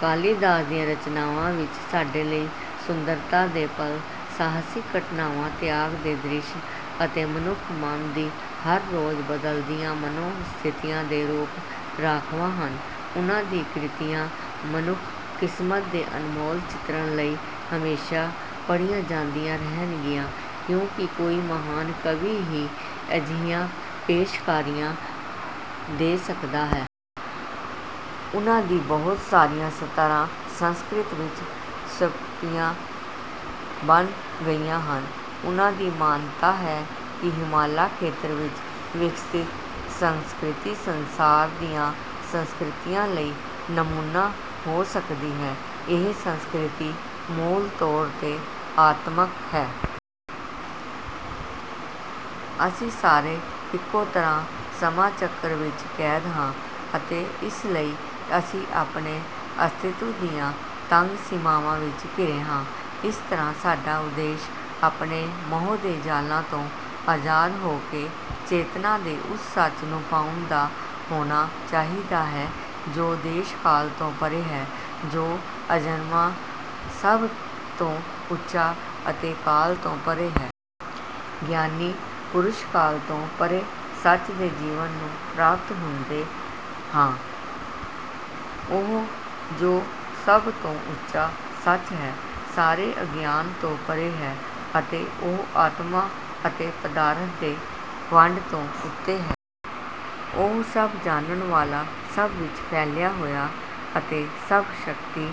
ਕਾਲੀਦਾਸ ਦੀਆਂ ਰਚਨਾਵਾਂ ਵਿੱਚ ਸਾਡੇ ਲਈ ਸੁੰਦਰਤਾ ਦੇ ਪਲ ਸਾਹਸਿਕ ਘਟਨਾਵਾਂ ਤਿਆਗ ਦੇ ਦ੍ਰਿਸ਼ ਅਤੇ ਮਨੁੱਖ ਮਨ ਦੀ ਹਰ ਰੋਜ਼ ਬਦਲਦੀਆਂ ਮਨੋ ਸਥਿਤੀਆਂ ਦੇ ਰੂਪ ਰਾਖਵਾਂ ਹਨ। ਉਨ੍ਹਾਂ ਦੀ ਕ੍ਰਿਤੀਆਂ ਮਨੁੱਖ ਕਿਸਮਤ ਦੇ ਅਨਮੋਲ ਚਿਤਰਣ ਲਈ ਹਮੇਸ਼ਾਂ ਪੜ੍ਹੀਆਂ ਜਾਂਦੀਆਂ ਰਹਿਣਗੀਆਂ ਕਿਉਂਕਿ ਕੋਈ ਮਹਾਨ ਕਵੀ ਹੀ ਅਜਿਹੀਆਂ ਪੇਸ਼ਕਾਰੀਆਂ ਦੇ ਸਕਦਾ ਹੈ। ਉਨ੍ਹਾਂ ਦੀ ਬਹੁਤ ਸਾਰੀਆਂ ਸਤਰਾਂ ਸੰਸਕ੍ਰਿਤ ਵਿੱਚ ਸੂਕਤੀਆਂ ਬਣ ਗਈਆਂ ਹਨ। ਉਨ੍ਹਾਂ ਦੀ ਮਾਨਤਾ ਹੈ ਕਿ ਹਿਮਾਲਾ ਖੇਤਰ ਵਿੱਚ ਵਿਕਸਿਤ ਸੰਸਕ੍ਰਿਤੀ ਸੰਸਾਰ ਦੀਆਂ ਸੰਸਕ੍ਰਿਤੀਆਂ ਲਈ ਨਮੂਨਾ ਹੋ ਸਕਦੀ ਹੈ। ਇਹ ਸੰਸਕ੍ਰਿਤੀ ਮੂਲ ਤੌਰ ਤੇ ਆਤਮਕ ਹੈ। ਅਸੀਂ ਸਾਰੇ ਇਕੋ ਤਰ੍ਹਾਂ ਸਮਾਂ ਚੱਕਰ ਵਿੱਚ ਕੈਦ ਹਾਂ ਅਤੇ ਇਸ ਲਈ ਅਸੀਂ ਆਪਣੇ ਅਸਤਿਤਵ ਦੀਆਂ ਤੰਗ ਸੀਮਾਵਾਂ ਵਿੱਚ ਘਿਰੇ ਹਾਂ। ਇਸ ਤਰ੍ਹਾਂ ਸਾਡਾ ਉਦੇਸ਼ ਆਪਣੇ ਮੋਹ ਦੇ ਜਾਲਾਂ ਤੋਂ ਅਜ਼ਾਦ ਹੋਕੇ ਚੇਤਨਾ ਦੇ ਉਸ ਸੱਚ ਨੂੰ ਪਾਉਣ ਦਾ ਹੋਣਾ ਚਾਹੀਦਾ ਹੈ ਜੋ ਦੇਸ਼ ਕਾਲ ਤੋਂ ਪਰੇ ਹੈ ਜੋ ਅਜਨਮਾ ਸਭ ਤੋਂ ਉੱਚਾ ਅਤੇ ਕਾਲ ਤੋਂ ਪਰੇ ਹੈ। ਗਿਆਨੀ ਪੁਰੁਸ਼ ਕਾਲ ਤੋਂ ਪਰੇ ਸੱਚ ਦੇ ਜੀਵਨ ਨੂੰ ਪ੍ਰਾਪਤ ਹੁੰਦੇ ਹਾਂ। ਉਹ ਜੋ ਸਭ ਤੋਂ ਉੱਚਾ ਸੱਚ ਹੈ ਸਾਰੇ ਅਗਿਆਨ ਤੋਂ ਪਰੇ ਹੈ ਅਤੇ ਉਹ ਆਤਮਾ ਅਤੇ ਪਦਾਰਥ ਦੇ ਵੰਡ ਤੋਂ ਉੱਤੇ ਹੈ। ਉਹ ਸਭ ਜਾਣਨ ਵਾਲਾ ਸਭ ਵਿੱਚ ਫੈਲਿਆ ਹੋਇਆ ਅਤੇ ਸਭ ਸ਼ਕਤੀ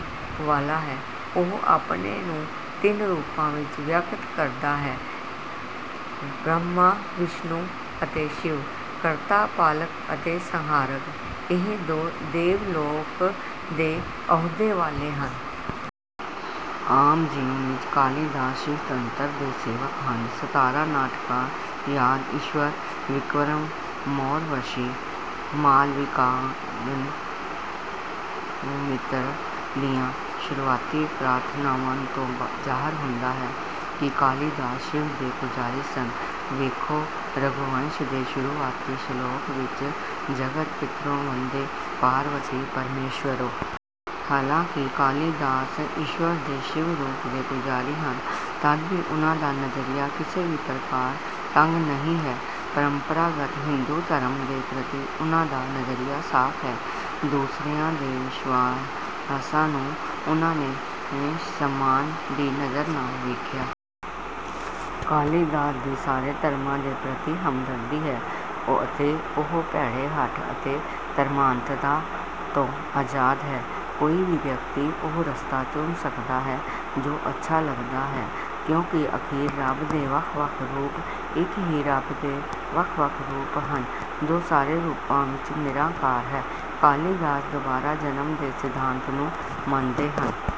ਵਾਲਾ ਹੈ। ਉਹ ਆਪਣੇ ਨੂੰ ਤਿੰਨ ਰੂਪਾਂ ਵਿੱਚ ਵਿਅਕਤ ਕਰਦਾ ਹੈ ਬ੍ਰਹਮਾ ਵਿਸ਼ਨੂੰ ਅਤੇ ਸ਼ਿਵ ਕਰਤਾ ਪਾਲਕ ਅਤੇ ਸੰਹਾਰਕ। ਇਹ ਦੇਵ ਲੋਕ ਦੇ ਅਹੁਦੇ ਵਾਲੇ ਹਨ। ਆਮ ਜੀਵਨ ਵਿੱਚ ਕਾਲੀਦਾਸ ਸ਼ਿਵਤੰਤਰ ਦੇ ਸੇਵਕ ਹਨ। ਸਤਾਰਾਂ ਨਾਟਕਾਂ ਯਾਦ ਈਸ਼ਵਰ ਵਿਕਰਮੋਰਵਸ਼ੀ ਮਾਲਵਿਕਾਗਨਿਮਿਤਰ ਦੀਆਂ ਸ਼ੁਰੂਆਤੀ ਪ੍ਰਾਰਥਨਾਵਾਂ ਤੋਂ ਜ਼ਾਹਰ ਹੁੰਦਾ ਹੈ ਕਿ ਕਾਲੀਦਾਸ ਸ਼ਿਵ ਦੇ ਪੂਜਾਰੀ ਸਨ। ਵੇਖੋ ਰਘੂਵੰਸ਼ ਦੇ ਸ਼ੁਰੂਆਤੀ ਸ਼ਲੋਕ ਵਿੱਚ ਜਗਤ ਪਿਤਰੌ ਵੰਦੇ ਪਾਰਬਤੀ ਪਰਮੇਸ਼ਵਰੌ। ਹਾਲਾਂਕਿ ਕਾਲੀਦਾਸ ਈਸਵਰ ਦੇ ਸ਼ਿਵ ਰੂਪ ਦੇ ਪੂਜਾਰੀ ਹਨ ਤਦ ਵੀ ਉਨ੍ਹਾਂ ਦਾ ਨਜ਼ਰੀਆ ਕਿਸੇ ਵੀ ਪ੍ਰਕਾਰ ਤੰਗ ਨਹੀਂ ਹੈ। ਪਰੰਪਰਾਗਤ ਹਿੰਦੂ ਧਰਮ ਦੇ ਪ੍ਰਤੀ ਉਨ੍ਹਾਂ ਦਾ ਨਜ਼ਰੀਆ ਸਾਫ ਹੈ। ਦੂਸਰਿਆਂ ਦੇ ਵਿਸ਼ਵਾਸਾਂ ਨੂੰ ਉਨ੍ਹਾਂ ਨੇ ਸਨਮਾਨ ਦੀ ਨਜ਼ਰ ਨਾਲ ਵੇਖਿਆ। ਕਾਲੀਦਾਸ ਦੀ ਸਾਰੇ ਧਰਮਾਂ ਦੇ ਪ੍ਰਤੀ ਹਮਦਰਦੀ ਹੈ ਅਤੇ ਉਹ ਭੈੜੇ ਹਠ ਅਤੇ ਧਰਮਾਂਧਤਾ ਤੋਂ ਅਜ਼ਾਦ ਹੈ। ਕੋਈ ਵੀ ਵਿਅਕਤੀ ਉਹ ਰਸਤਾ ਚੁਣ ਸਕਦਾ ਹੈ ਜੋ ਅੱਛਾ ਲੱਗਦਾ ਹੈ ਕਿਉਂਕਿ ਆਖੀਰ ਰੱਬ ਦੇ ਵੱਖ ਵੱਖ ਰੂਪ ਇੱਕ ਹੀ ਰੱਬ ਦੇ ਵੱਖ ਵੱਖ ਰੂਪ ਹਨ ਜੋ ਸਾਰੇ ਰੂਪਾਂ ਵਿੱਚ ਨਿਰਾਕਾਰ ਹੈ। ਕਾਲੀਦਾਸ ਦੁਬਾਰਾ ਜਨਮ ਦੇ ਸਿਧਾਂਤ ਨੂੰ ਮੰਨਦੇ ਹਨ।